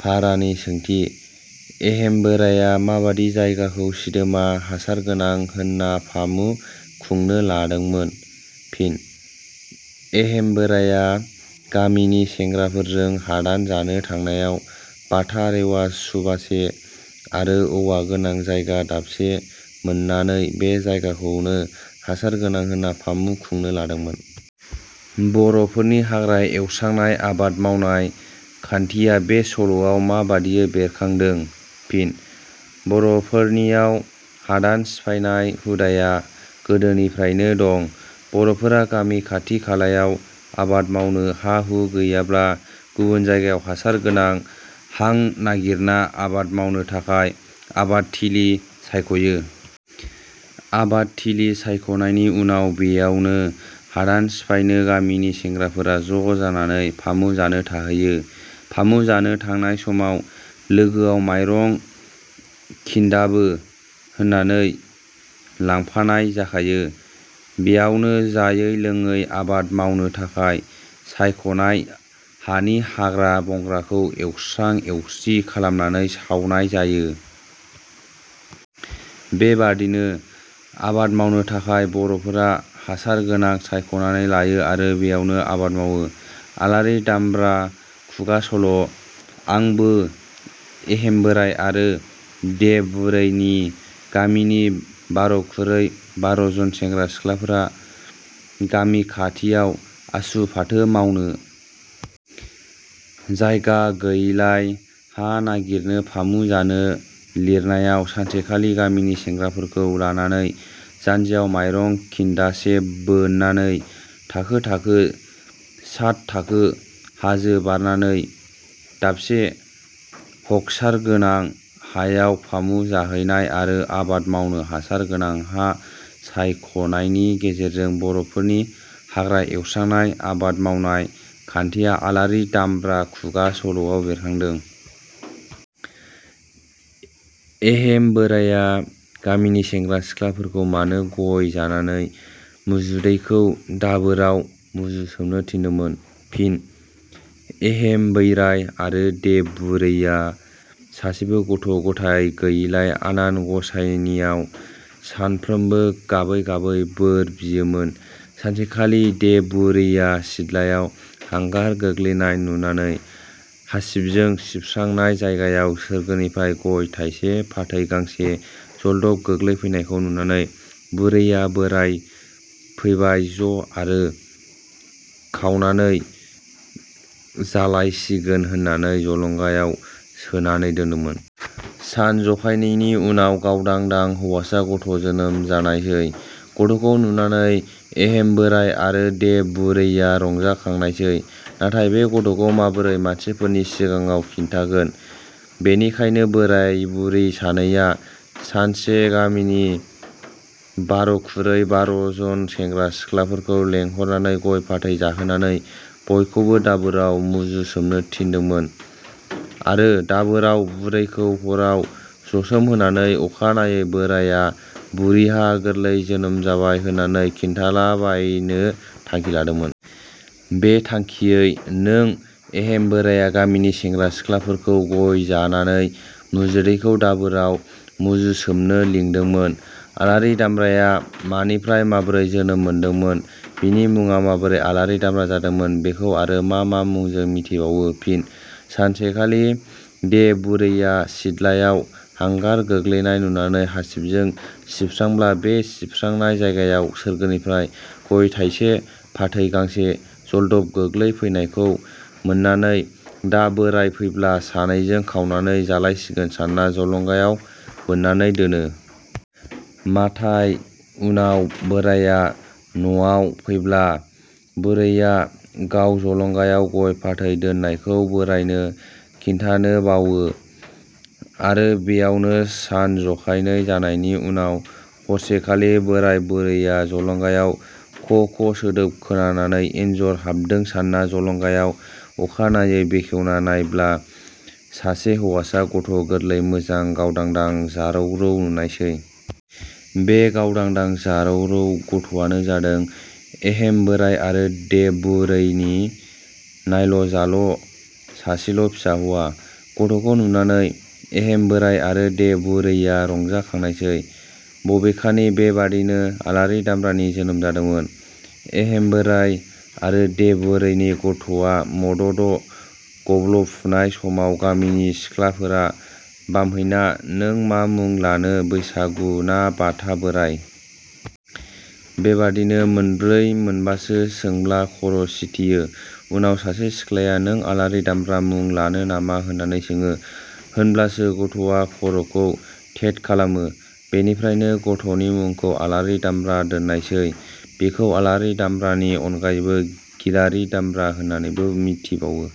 फारानि सोंथि. एहेम बोराइया माबादि जायगाखौ सिदोमा हासारगोनां होनना फामु खुंनो लादोंमोन? फिनः एहेम बोराया गामिनि सेंग्राफोरजों हादान जानो थांनायाव बाथा रेवा सुबासे आरो औवागोनां जायगा दाबसे मोननानै बे जायगाखौनो हासारगोनां होनना फामु खुंनो लादोंमोन।. बर'फोरनि हाग्रा एवस्रांनाय आबाद मावनाय खान्थिया बे सल'आव माबादियै बेरखांदों? फिन: बरफोरनियाव हादान सिफायनाय हुदाया गोदोनिफ्रायनो दं। बर'फोरा गामि खाथि खालायाव आबाद मावनो हा-हु गैयाब्ला गुबुन जायगायाव हासार गोनां हां नागिरना आबाद मावनो थाखाय आबादथिलि सायखयो। आबादथिलि सायखनायनि उनाव बेयावनो हादान सिफायनो गामिनि सेंग्राफोरा ज' जानानै फामु जानो थाहैयो। फामु जानो थांनाय समाव लोगोआव मायरं खिन्दाबो होननानै लांफानाय जाखायो। बेयावनो जायै लोंयै आबाद मावनो थाखाय सायखनाय हानि हाग्रा बंग्राखौ एवस्रां एवस्रिं खालामनानै सावनाय जायो। बेबादिनो आबाद मावनो थाखाय बर'फोरा हासारगोनां सायखनानै लायो आरो बेयावनो आबाद मावो। आलारि दामब्रा खुगा सल' आंबो एहेम बोराइ आरो दे बुरैनि गामिनि बार' खुरै बार'जन सेंग्रा सिख्लाफोरा गामि खाथियाव आसु, फाथो मावनो जायगा गैयिलाय हा नागिरनो फामु जानो लिरनायाव सानसेखालि गामिनि सेंग्राफोरखौ लानानै जान्जियाव माइरं खिन्दासे बोननानै थाखो थाखो साथ थाखो हाजो बारनानै दाबसे हखसारगोनां हायाव फामु जाहैनाय आरो आबाद मावनो हासार गोनां हा सायखनायनि गेजेरजों बर'फोरनि हाग्रा एवस्रांनाय आबाद मावनाय खान्थिया आलारि दामब्रा खुगा सल'आव बेरखांदों।. एहेम बोराइया गामिनि सेंग्रा-सिख्लाफोरखौ मानो गइ जानानै मुजुदैखौ दाबोराव मुजुसोमनो थिनदोंमोन? फिन: एहेम बैराइ आरो दे बुरैया सासेबो गथ' गथाय गैयिलाय आनान गसाइनियाव सानफ्रोमबो गाबै गाबै बोर बियोमोन। सानसेखालि दे बुरैया सिथ्लायाव हांगार गोग्लैनाय नुनानै हासिबजों सिबस्रांनाय जायगायाव सोरगोनिफ्राइ गय थाइसे फाथै गांसे जलदब गोग्लैफैनायखौ नुनानै बुरैया बोराय फैबाय ज' आरो खावनानै जालायसिगोन होननानै जलंगायाव सोनानै दोन्दोंमोन। सान जखायनैनि उनाव गावदां दां हौवासा गथ' जोनोम जानायसै। गथखौ नुनानै एहेम बोराइ आरो दे बुरैया रंजाखांनाय सै। नाथाय बे गथ'खौ माबोरै मानसिफोरनि सिगाङाव खिन्थागोन? बेनिखाइनो, बोराय बुरै सानैया सानसे गामिनि बार' खुरै बार'जोन सेंग्रा सिख्लाफोरखौ लेंहरनानै गइ फाथै जाहोनानै बयखौबो दाबोराव मुजुसोमनो थिनदोंमोन आरो दाबोराव बुरैखौ हराव जसोमहोनानै अखानायै बोराइया "बुरिहा गोरलै जोनोम जाबाय" होननानै खिन्थालाबायनो थांखि लादोंमोन। बे थांखियै नों एहेम बोराया गामिनि सेंग्रा सिख्लाफोरखौ गय जानानै मुजुदैखौ दाबोराव मुजुसोमनो लिंदोंमोन।. आलारि दामब्राया मानिफ्राय माबोरै जोनोम मोनदोंमोन? बिनि मुङा माबोरै आलारि दामब्रा जादोंमोन? बेखौ आरो मा मा मुंजों मिथिबावो? फिनः सानसेखालि दे बुरैया सिथलायाव हांगार गोलैनाय नुनानै हासिबजों सिबस्रांब्ला बे सिबस्रांनाय जायगायाव सोरगोनिफ्राय गय थाइसे फाथै गांसे जलदब गोग्लैफैनायखौ मोननानै दा बोराइ फैब्ला सानैजों खावनानै जालायसिगोन सानना जलंगायाव बोननानै दोनो। माथाय उनाव बोराइया नवाव फैब्ला बुरैया गाव जलंगायाव गय फाथै दोननायखौ बोराइनो खिन्थानो बावो आरो बेयावनो सान जखायनै जानायनि उनाव हरसेखालि बोराइ बुरैया जलंगायाव ख ख सोदोब खोनानानै एनजर हाबदों सानना जलंगायाव अखानायै बेखेवना नायब्ला सासे हौवासा गथ' गोरलै मोजां गावदांदां जारौ रौ नुनायसै। बे गावदांदां जारौ रौ गथ'वानो जादों एहेम बोराइ आरो दे बुरैनि नायल' जाल' सासेल' फिसा हौवा। गथ'खौ नुनानै एहेम बोराइ आरो दे बुरैया रंजाखांनायसै। बबेखानि बेबादिनो आलारि दामब्रानि जोनोमा जादोंमोन। एहेम बोराइ आरो दे बुरैनि गथ'वा मद'द' गब्ल'फुनाय समाव गामिनि सिख्लाफोरा बामहैना नों मा मुं लानो बैसागु ना बाथा बोराइ? बेबादि मोनब्रै मोनबासो सोंब्ला खर' सिथियो। उनाव सासे सिख्लाया नों आलारि दामब्रा मुं लानो नामा होननानै सोङो, होनब्लासो गथ'वा खर'खौ थेद खालामो। बेनिफ्रायनो गथ'नि मुखौ आलारि दामब्रा दोननायसै। बिखौ आलारि दामब्रानि अनगायैबो गिलारि दामब्रा होननानैबो मिथिबावो।